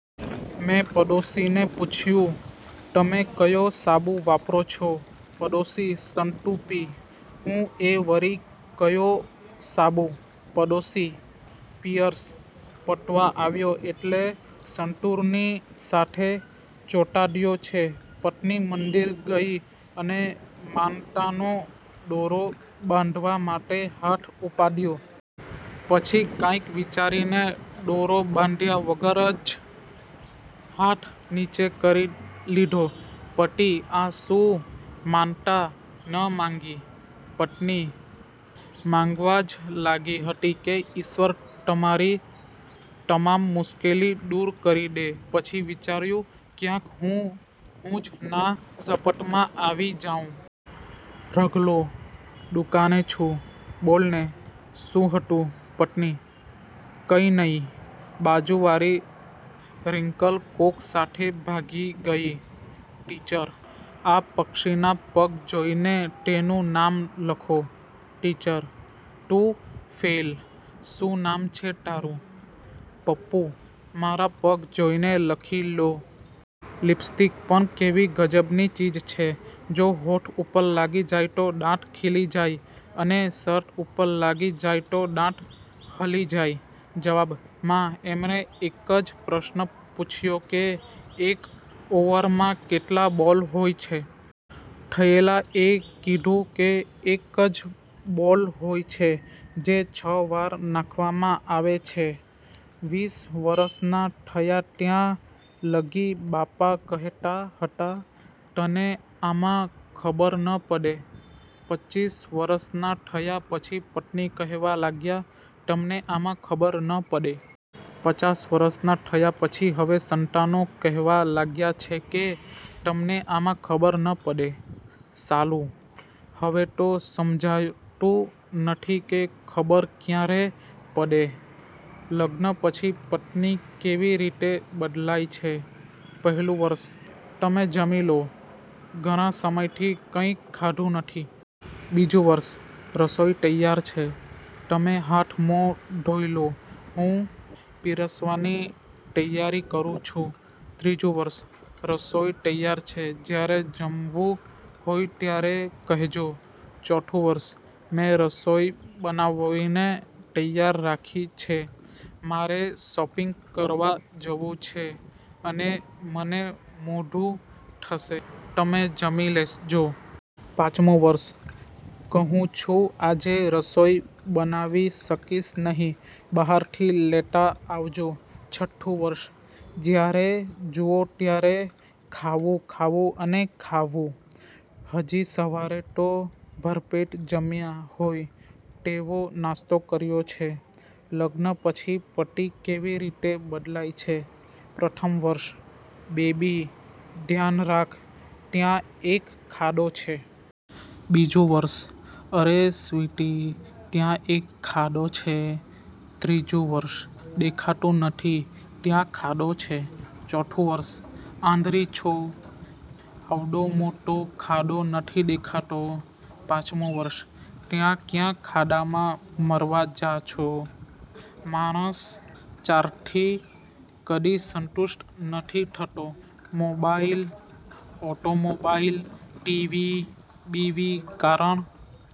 મેં પડોશીને પુછયુ: તમે કયો સાબુ વાપરો છો? પડોશી: સંતુપી. હું: એ વળી ક્યો સાબુ? પડોશી: પીઅર્સ પતવા આવ્યો એટલે સંતુરની સાથે ચોંટાડયો છે. પત્ની મંદિર ગઈ અને માનતાનો દોરો બાંધવા માટે હાથ ઉપાડ્યો. પછી કાંઈક વિચારીને દોરો બાંધ્યા વગર જ હાથ નીચે કરી લીધો. પતિ: આ શું? માનતા ન માગી? પત્ની: માગવા જ લાગી હતી કે ઈશ્વર તમારી તમામ મુશ્કેલી દુર કરી દે. પછી વિચાર્યું ક્યાંક હું જ ના ઝપટમાં આવી જાઉ. રઘલો: દુકાને છું… બોલ ને, સું હતું? પત્ની: કઈ નઈ… બાજુ વાળી રિંકલ કોક સાથે ભાગી ગઈ. ટીચર: આ પક્ષીના પગ જોઈને તેનું નામ લખો. ટીચર: તું ફેઇલ. શું નામ છે તારું? પપ્પુ: મારા પગ જોઈને લખી લ્યો. લિપસ્ટિક પણ કેવી ગજબની ચીજ છે. જો હોઠ ઉપર લાગી જાય તો દાંત ખીલી જાય છે.. અને શર્ટ ઉપર લાગી જાય તો દાંત હલી જાય. જવાબ માં એમણે એક જ પ્રશ્ન પૂછ્યો કે, એક ઓવરમાં કેટલા બોલ હોય છે? થયેલા એ કીધું કે એક જ બોલ હોય છે, જે છ વાર નાખવામાં આવે છે. વીસ વરસના થયા ત્યાં લગી બાપા કહેતા હતા, તને આમાં ખબર ન પડે. પચીસ વરસના થયા પછી પત્ની કહેવા લાગ્યા, તમને આમાં ખબર ન પડે. પચાસ વરસના થયા પછી હવે સંતાનો કહેવા લાગ્યા છે કે તમને આમાં ખબર ન પડે. સાલું, હવે તો સમજાતું નથી કે ખબર ક્યારે પડે? લગ્ન પછી પત્ની કેવી રીતે બદલાય છે:- પહેલું વર્ષ: તમે જમી લો, ઘણા સમયથી કંઈ ખાધું નથી. બીજું વર્ષ: રસોઈ તૈયાર છે, તમે હાથ-મોં ધોઇલો હું પીરસવાની તૈયારી કરું છું. ત્રીજું વર્ષ: રસોઈ તૈયાર છે, જ્યારે જમવું હોય ત્યારે કહેજો. ચોથું વર્ષ: મેં રસોઈ બનાવીને તૈયાર રાખી છે. મારે શોપિંગ કરવા જવું છે અને મને મોડું થશે, તમે જમી લેજો. પાંચમું વર્ષ: કહું છું આજે રસોઈ બનાવી શકીશ નહીં, બહારથી લેતા આવજો. છઠ્ઠું વર્ષ: જ્યારે જુઓ ત્યારે ખાવું, ખાવું અને ખાવું. હજી સવારે તો ભરપેટ જમ્યા હોય તેવો નાસ્તો કર્યો છે…!! લગ્ન પછી પતિ કેવી રીતે બદલાય છે:- પ્રથમ વર્ષ: બેબી, ધ્યાન રાખ, ત્યાં એક ખાડો છે. બીજું વર્ષ: અરે સ્વીટી, ત્યાં એક ખાડો છે. ત્રીજું વર્ષ: દેખાતું નથી, ત્યાં ખાડો છે. ચોથું વર્ષ: આંધળી છો? આવડો મોટો ખાડો નથી દેખાતો. પાંચમું વર્ષ: ત્યાં ક્યાં ખાડામાં મરવા જા છો…!! માણસ ચારથી કદી સંતુષ્ટ નથી થતો: મોબાઈલ, ઓટોમોબાઈલ, ટી. વી., બીવી. કારણ?